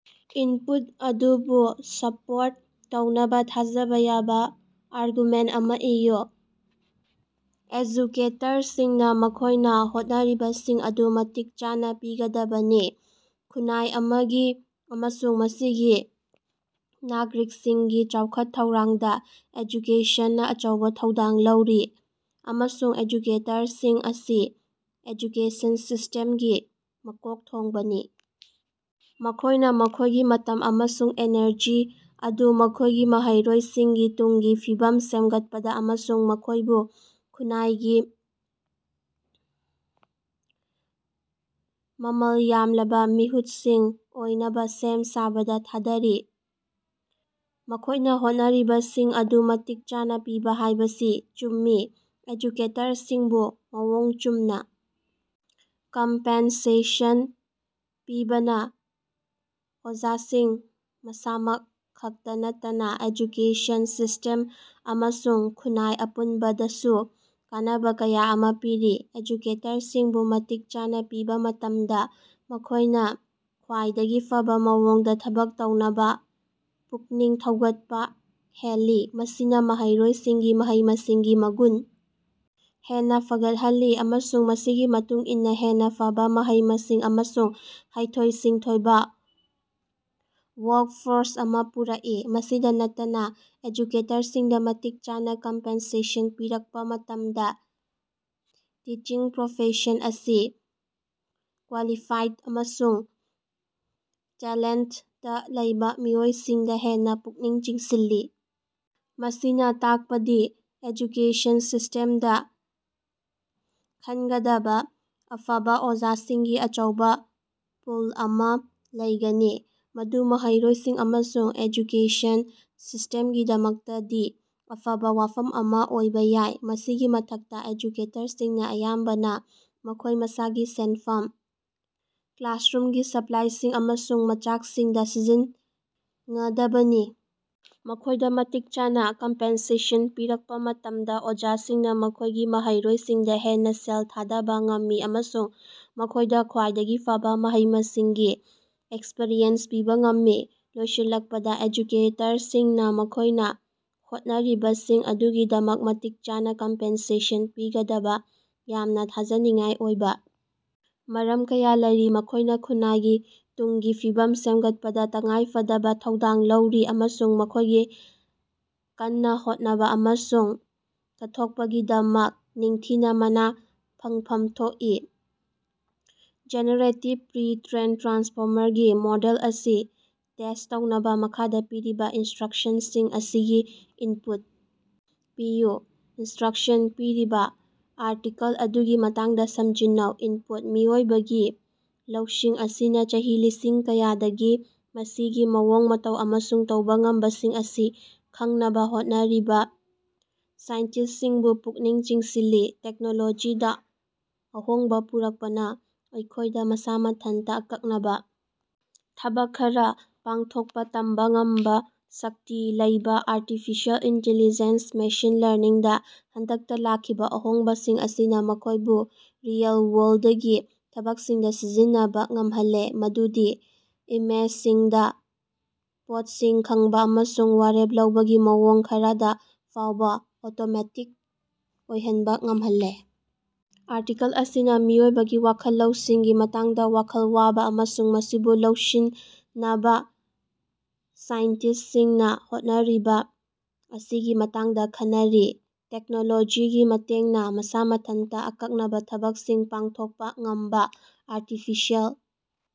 Input ꯑꯗꯨꯕꯨ support ꯇꯧꯅꯕ ꯊꯥꯖꯕ ꯌꯥꯕ ꯑꯥꯔꯒꯨꯃꯦꯟꯇ ꯑꯃ ꯏꯌꯨ꯫ ꯑꯦꯖꯨꯀꯦꯇꯔꯁꯤꯡꯅ ꯃꯈꯣꯏꯅ ꯍꯣꯠꯅꯔꯤꯕꯁꯤꯡ ꯑꯗꯨ ꯃꯇꯤꯛ ꯆꯥꯅ ꯄꯤꯒꯗꯕꯅꯤ꯫ ꯈꯨꯟꯅꯥꯏ ꯑꯃꯒꯤ ꯑꯃꯁꯨꯡ ꯃꯁꯤꯒꯤ ꯅꯥꯒꯔꯤꯛꯁꯤꯡꯒꯤ ꯆꯥꯎꯈꯠ-ꯊꯧꯔꯥꯡꯗ ꯑꯦꯖꯨꯀꯦꯁꯟꯅ ꯑꯆꯧꯕ ꯊꯧꯗꯥꯡ ꯂꯧꯔꯤ, ꯑꯃꯁꯨꯡ ꯑꯦꯖꯨꯀꯦꯇꯔꯁꯤꯡ ꯑꯁꯤ ꯑꯦꯖꯨꯀꯦꯁꯟ ꯁꯤꯁꯇꯦꯝꯒꯤ ꯃꯀꯣꯛ ꯊꯣꯡꯕꯅꯤ꯫ ꯃꯈꯣꯏꯅ ꯃꯈꯣꯏꯒꯤ ꯃꯇꯝ ꯑꯃꯁꯨꯡ ꯏꯅꯔꯖꯤ ꯑꯗꯨ ꯃꯈꯣꯏꯒꯤ ꯃꯍꯩꯔꯣꯏꯁꯤꯡꯒꯤ ꯇꯨꯡꯒꯤ ꯐꯤꯕꯝ ꯁꯦꯝꯒꯠꯄꯗ ꯑꯃꯁꯨꯡ ꯃꯈꯣꯏꯕꯨ ꯈꯨꯟꯅꯥꯏꯒꯤ ꯃꯃꯜ ꯌꯥꯝꯂꯕ ꯃꯤꯍꯨꯠꯁꯤꯡ ꯑꯣꯏꯅꯕ ꯁꯦꯝ ꯁꯥꯕꯗ ꯊꯥꯗꯔꯤ꯫ ꯃꯈꯣꯏꯅ ꯍꯣꯠꯅꯔꯤꯕꯁꯤꯡ ꯑꯗꯨ ꯃꯇꯤꯛ ꯆꯥꯅ ꯄꯤꯕ ꯍꯥꯏꯕꯁꯤ ꯆꯨꯝꯃꯤ ꯫ ꯑꯦꯖꯨꯀꯦꯇꯔꯁꯤꯡꯕꯨ ꯃꯑꯣꯡ ꯆꯨꯝꯅ ꯀꯝꯄꯦꯟꯁꯦꯁꯟ ꯄꯤꯕꯅ ꯑꯣꯖꯥꯁꯤꯡ ꯃꯁꯥꯃꯛ ꯈꯛꯇꯥ ꯅꯠꯇꯅ ꯑꯦꯖꯨꯀꯦꯁꯟ ꯁꯤꯁꯇꯦꯝ ꯑꯃꯁꯨꯡ ꯈꯨꯟꯅꯥꯏ ꯑꯄꯨꯟꯕꯗꯁꯨ ꯀꯥꯟꯅꯕ ꯀꯌꯥ ꯑꯃ ꯄꯤꯔꯤ꯫ ꯑꯦꯖꯨꯀꯦꯇꯔꯁꯤꯡꯕꯨ ꯃꯇꯤꯛ ꯆꯥꯅ ꯄꯤꯕ ꯃꯇꯝꯗ ꯃꯈꯣꯏꯅ ꯈ꯭ꯋꯥꯏꯗꯒꯤ ꯐꯕꯥ ꯃꯑꯣꯡꯗ ꯊꯕꯛ ꯇꯧꯅꯕ ꯄꯨꯛꯅꯤꯡ ꯊꯧꯒꯠꯄ ꯍꯦꯜꯂꯤ꯫ ꯃꯁꯤꯅ ꯃꯍꯩꯔꯣꯏꯁꯤꯡꯒꯤ ꯃꯍꯩ-ꯃꯁꯤꯡꯒꯤ ꯃꯒꯨꯟ ꯍꯦꯟꯅ ꯐꯒꯠꯍꯜꯂꯤ, ꯑꯃꯁꯨꯡ ꯃꯁꯤꯒꯤ ꯃꯇꯨꯡ ꯏꯟꯅ ꯍꯦꯟꯅ ꯐꯕꯥ ꯃꯍꯩ-ꯃꯁꯤꯡ ꯑꯃꯁꯨꯡ ꯍꯩꯊꯣꯏ-ꯁꯤꯡꯊꯣꯏꯕ ꯋꯥꯔꯛꯐꯣꯔꯁ ꯑꯃ ꯄꯨꯔꯛꯏ꯫ ꯃꯁꯤꯗ ꯅꯠꯇꯅ ꯑꯦꯖꯨꯀꯦꯇꯔꯁꯤꯡꯗ ꯃꯇꯤꯛ ꯆꯥꯅ ꯀꯝꯄꯦꯟꯁꯦꯁꯟ ꯄꯤꯔꯛꯄ ꯃꯇꯝꯗ ꯇꯤꯆꯤꯡ ꯄ꯭ꯔꯣꯐꯦꯁꯟ ꯑꯁꯤ ꯀ꯭ꯋꯥꯂꯤꯐꯥꯏꯗ ꯑꯃꯁꯨꯡ ꯇꯦꯂꯦꯟꯇꯥ ꯂꯩꯕ ꯃꯤꯑꯣꯏꯁꯤꯡꯗ ꯍꯦꯟꯅ ꯄꯨꯛꯅꯤꯡ ꯆꯤꯡꯁꯤꯜꯂꯤ꯫ ꯃꯁꯤꯅ ꯇꯥꯛꯄꯗꯤ ꯑꯦꯖꯨꯀꯦꯁꯟ ꯁꯤꯁꯇꯦꯝꯗꯥ ꯈꯟꯒꯗꯕ ꯑꯐꯕꯥ ꯑꯣꯖꯥꯁꯤꯡꯒꯤ ꯑꯆꯧꯕ ꯄꯨꯜ ꯑꯃ ꯂꯩꯒꯅꯤ, ꯃꯗꯨ ꯃꯍꯩꯔꯣꯏꯁꯤꯡ ꯑꯃꯁꯨꯡ ꯑꯦꯖꯨꯀꯦꯁꯟ ꯁꯤꯁꯇꯦꯝꯒꯤꯗꯃꯛꯇꯗꯤ ꯑꯐꯕꯥ ꯋꯥꯐꯝ ꯑꯃ ꯑꯣꯏꯕ ꯌꯥꯏ꯫ ꯃꯁꯤꯒꯤ ꯃꯊꯛꯇ, ꯑꯦꯖꯨꯀꯦꯇꯔꯁꯤꯡꯅ ꯑꯌꯥꯝꯕꯅ ꯃꯈꯣꯏ ꯃꯁꯥꯒꯤ ꯁꯦꯟꯐꯝ ꯀ꯭ꯂꯥꯁꯔꯨꯝꯒꯤ ꯁꯞꯄ꯭ꯂꯥꯏꯁꯤꯡ ꯑꯃꯁꯨꯡ ꯃꯆꯥꯛꯁꯤꯡꯗ ꯁꯤꯖꯤꯟꯉꯗꯕꯅꯤ꯫ ꯃꯈꯣꯏꯗ ꯃꯇꯤꯛ ꯆꯥꯅ ꯀꯝꯄꯦꯟꯁꯦꯁꯟ ꯄꯤꯔꯛꯄ ꯃꯇꯝꯗ ꯑꯣꯖꯥꯁꯤꯡꯅ ꯃꯈꯣꯏꯒꯤ ꯃꯍꯩꯔꯣꯏꯁꯤꯡꯗ ꯍꯦꯟꯅ ꯁꯦꯜ ꯊꯥꯗꯕ ꯉꯝꯃꯤ ꯑꯃꯁꯨꯡ ꯃꯈꯣꯏꯗ ꯈ꯭ꯋꯥꯏꯗꯒꯤ ꯐꯕꯥ ꯃꯍꯩ-ꯃꯁꯤꯡꯒꯤ ꯑꯦꯛꯁꯄꯤꯔꯤꯌꯦꯟꯁ ꯄꯤꯕ ꯉꯝꯃꯤ꯫ ꯂꯣꯏꯁꯤꯜꯂꯛꯄꯗ, ꯑꯦꯖꯨꯀꯦꯇꯔꯁꯤꯡꯅ ꯃꯈꯣꯏꯅ ꯍꯣꯠꯅꯔꯤꯕꯁꯤꯡ ꯑꯗꯨꯒꯤꯗꯃꯛ ꯃꯇꯤꯛ ꯆꯥꯅ ꯀꯝꯄꯦꯟꯁꯦꯁꯟ ꯄꯤꯒꯗꯕ ꯌꯥꯝꯅ ꯊꯥꯖꯅꯤꯡꯉꯥꯏ ꯑꯣꯏꯕ ꯃꯔꯝ ꯀꯌꯥ ꯂꯩꯔꯤ꯫ ꯃꯈꯣꯏꯅ ꯈꯨꯟꯅꯥꯏꯒꯤ ꯇꯨꯡꯒꯤ ꯐꯤꯕꯝ ꯁꯦꯝꯒꯠꯄꯗ ꯇꯉꯥꯏꯐꯗꯕ ꯊꯧꯗꯥꯡ ꯂꯧꯔꯤ ꯑꯃꯁꯨꯡ ꯃꯈꯣꯏꯒꯤ ꯀꯟꯅꯥ ꯍꯣꯠꯅꯕ ꯑꯃꯁꯨꯡ ꯀꯠꯊꯣꯛꯄꯒꯤꯗꯃꯛ ꯅꯤꯡꯊꯤꯅ ꯃꯥꯅ ꯐꯪꯐꯝ ꯊꯣꯛꯏ꯫ ꯖꯦꯅꯦꯔꯦꯇꯤꯚ ꯄ꯭ꯔꯤ-ꯇ꯭ꯔꯦꯟ ꯇ꯭ꯔꯥꯟꯁꯐꯣꯃꯔꯒꯤ ꯃꯣꯗꯦꯜ ꯑꯁꯤ ꯇꯦꯁ ꯇꯧꯅꯕ ꯃꯈꯥꯗ ꯄꯤꯔꯤꯕ ꯏꯟꯁꯇ꯭ꯔꯛꯁꯟꯁꯤꯡ ꯑꯁꯤꯒꯤ ꯏꯟꯄꯨꯠ ꯄꯤꯌꯨ꯫ ꯏꯟꯁꯇ꯭ꯔꯛꯁꯟ: ꯄꯤꯔꯤꯕ ꯑꯥꯔꯇꯤꯀꯜ ꯑꯗꯨꯒꯤ ꯃꯇꯥꯡꯗ ꯁꯝꯖꯤꯟꯅꯧ꯫ ꯏꯟꯄꯨꯠ: ꯃꯤꯑꯣꯏꯕꯒꯤ ꯂꯧꯁꯤꯡ ꯑꯁꯤꯅ ꯆꯍꯤ ꯂꯤꯁꯤꯡ ꯀꯌꯥꯗꯒꯤ ꯃꯁꯤꯒꯤ ꯃꯑꯣꯡ ꯃꯇꯧ ꯑꯃꯁꯨꯡ ꯇꯧꯕ ꯉꯝꯕꯁꯤꯡ ꯑꯁꯤ ꯈꯪꯅꯕ ꯍꯣꯠꯅꯔꯤꯕ ꯁꯥꯏꯟꯇꯤꯁꯠꯁꯤꯡꯕꯨ ꯄꯨꯛꯅꯤꯡ ꯆꯤꯡꯁꯤꯜꯂꯤ꯫ ꯇꯦꯛꯅꯣꯂꯣꯖꯤꯗ ꯑꯍꯣꯡꯕ ꯄꯨꯔꯛꯄꯅ ꯑꯩꯈꯣꯏꯗ ꯃꯁꯥ ꯃꯊꯟꯇ ꯑꯀꯛꯅꯕ ꯊꯕꯛ ꯈꯔ ꯄꯥꯡꯊꯣꯛꯄ ꯇꯝꯕ ꯉꯝꯕ ꯁꯛꯇꯤ ꯂꯩꯕ ꯑꯥꯔꯇꯤꯐꯤꯁꯤꯌꯦꯜ ꯏꯟꯇꯤꯂꯤꯖꯦꯟꯁ ꯃꯦꯁꯤꯟ ꯂꯔꯅꯤꯡꯗ ꯍꯟꯗꯛꯇ ꯂꯥꯛꯈꯤꯕ ꯑꯍꯣꯡꯕꯁꯤꯡ ꯑꯁꯤꯅ ꯃꯈꯣꯏꯕꯨ ꯔꯤꯑꯦꯜ-ꯋꯥꯔꯜꯗꯒꯤ ꯊꯕꯛꯁꯤꯡꯗ ꯁꯤꯖꯤꯟꯅꯕ ꯉꯃꯍꯜꯂꯦ, ꯃꯗꯨꯗꯤ ꯏꯃꯦꯖꯁꯤꯡꯗ ꯄꯣꯠꯁꯤꯡ ꯈꯪꯕ ꯑꯃꯁꯨꯡ ꯋꯥꯔꯦꯞ ꯂꯧꯕꯒꯤ ꯃꯑꯣꯡ ꯈꯔꯗ ꯐꯥꯎꯕ ꯑꯣꯇꯣꯃꯦꯇꯤꯛ ꯑꯣꯏꯍꯟꯕ ꯉꯝꯍꯜꯂꯦ꯫ ꯑꯥꯔꯇꯤꯀꯜ ꯑꯁꯤꯅ ꯃꯤꯑꯣꯏꯕꯒꯤ ꯋꯈꯜ ꯂꯧꯁꯤꯡꯒꯤ ꯃꯇꯥꯡꯗ ꯋꯈꯜ ꯋꯥꯕ ꯑꯃꯁꯨꯡ ꯃꯁꯤꯕꯨ ꯂꯧꯁꯤꯟꯅꯕ ꯁꯥꯏꯟꯇꯤꯁꯠꯁꯤꯡꯅ ꯍꯣꯠꯅꯔꯤꯕ ꯑꯁꯤꯒꯤ ꯃꯇꯥꯡꯗ ꯈꯟꯅꯔꯤ꯫ ꯇꯦꯛꯅꯣꯂꯣꯖꯤꯒꯤ ꯃꯇꯦꯡꯅ ꯃꯁꯥ ꯃꯊꯟꯇ ꯑꯀꯛꯅꯕ ꯊꯕꯛꯁꯤꯡ ꯄꯥꯡꯊꯣꯀꯄꯥ ꯉꯝꯕꯥ ꯑꯥꯔꯇꯤꯐꯤꯁꯤꯌꯦꯜ꯫